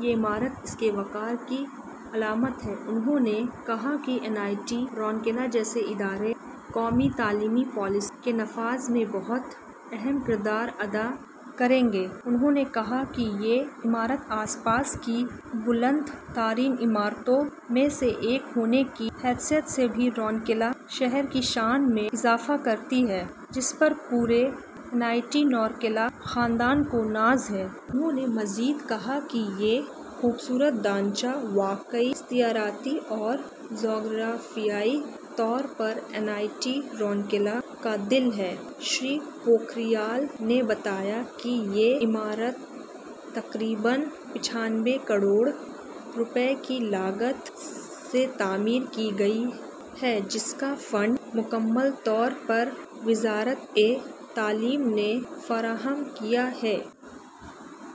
یہ عمارت اس کے وقار کی علامت ہے۔ انہوں نے کہا کہ این آئی ٹی رورکیلا جیسے ادارے قومی تعلیمی پالیسی کے نفاذ میں بہت اہم کردار ادا کریں گے۔ انہوں نے کہا کہ یہ عمارت آس پاس کی بلند ترین عمارتوں میں سے ایک ہونے کی حیثیت سے بھی رورکیلا شہر کی شان میں اضافہ کرتی ہے، جس پر پورے این آئی ٹی رورکیلا خاندان کو ناز ہے۔ انہوں نے مزید کہا کہ یہ خوبصورت ڈھانچہ واقعی استعاراتی اور جغرافیائی طور پر ’این آئی ٹی رورکیلا کا دل‘ ہے۔ شری پوکھریال نے بتایا کہ یہ عمارت تقریباً پچانوے کروڑ روپے کی لاگت سے تعمیر کی گئی ہے، جس کا فنڈ مکمل طور پر وزارت تعلیم نے فراہم کیا ہے۔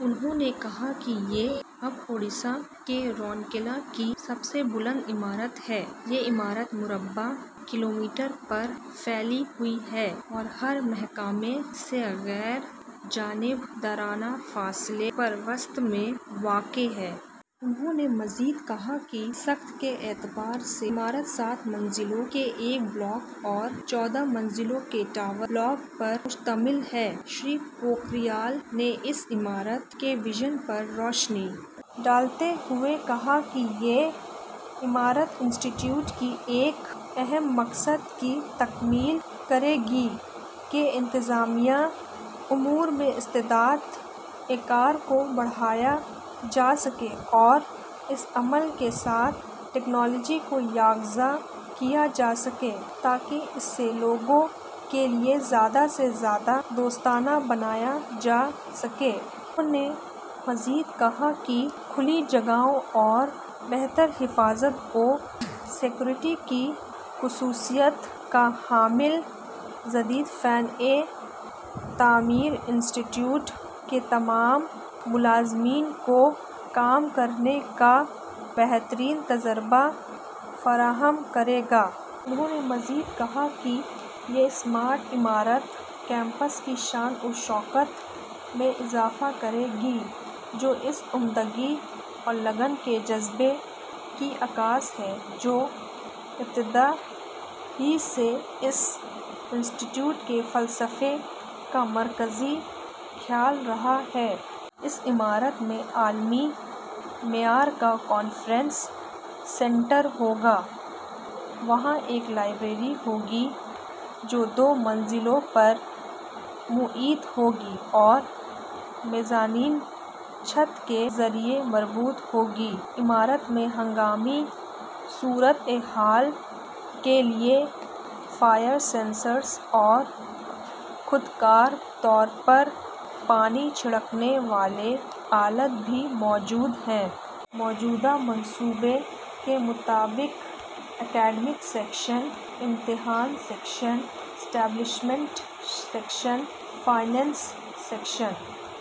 انہوں نے کہا کہ یہ اب اوڈیشہ کے رورکیلا کی سب سے بلند عمارت ہے۔ یہ عمارت مربع کلومیٹر پر پھیلی ہوئی ہے اور ہر محکمہ سے غیر جانب دارانہ فاصلے پر، وسط میں واقع ہے۔ انہوں نے مزید کہا کہ ساخت کے اعتبار سے عمارت سات منزلوں کے ایک بلاک اور چودہ منزلوں کے ٹاور بلاک پر مشتمل ہے۔ شری پوکھریال نے اس عمارت کے وژن پر روشنی ڈالتے ہوئے کہا کہ یہ عمارت انسٹی ٹیوٹ کے ایک اہم مقصد کی تکمیل کرے گی کہ انتظامی امور میں استعدادِ کار کو بڑھایا جا سکے اور اس عمل کے ساتھ ٹیکنالوجی کو یکجا کیا جا سکے تاکہ اسے لوگوں کے لیے زیادہ سے زیادہ دوستانہ بنایا جا سکے۔ انہوں نے مزید کہا کہ کھلی جگہوں اور بہتر حفاظت و سیکیورٹی کی خصوصیات کا حامل جدید فنِ تعمیر انسٹی ٹیوٹ کے تمام ملازمین کو کام کرنے کا بہترین تجربہ فراہم کرے گا۔ انہوں نے مزید کہا کہ یہ اسمارٹ عمارت کیمپس کی شان و شوکت میں اضافہ کرے گی، جو اس عمدگی اور لگن کے جذبے کی عکاس ہے جو ابتدا ہی سے اس انسٹی ٹیوٹ کے فلسفے کا مرکزی خیال رہا ہے۔ اس عمارت میں عالمی معیار کا کانفرنس سینٹر ہوگا۔ وہاں ایک لائبریری ہوگی جو دو منزلوں پر محیط ہوگی اور میزانین چھت کے ذریعے مربوط ہوگی۔ عمارت میں ہنگامی صورتحال کے لیے فائر سینسرز اور خودکار طور پر پانی چھڑکنے والے آلات بھی موجود ہیں۔ موجودہ منصوبے کے مطابق اکیڈمک سیکشن، امتحان section, establishment section, finance section,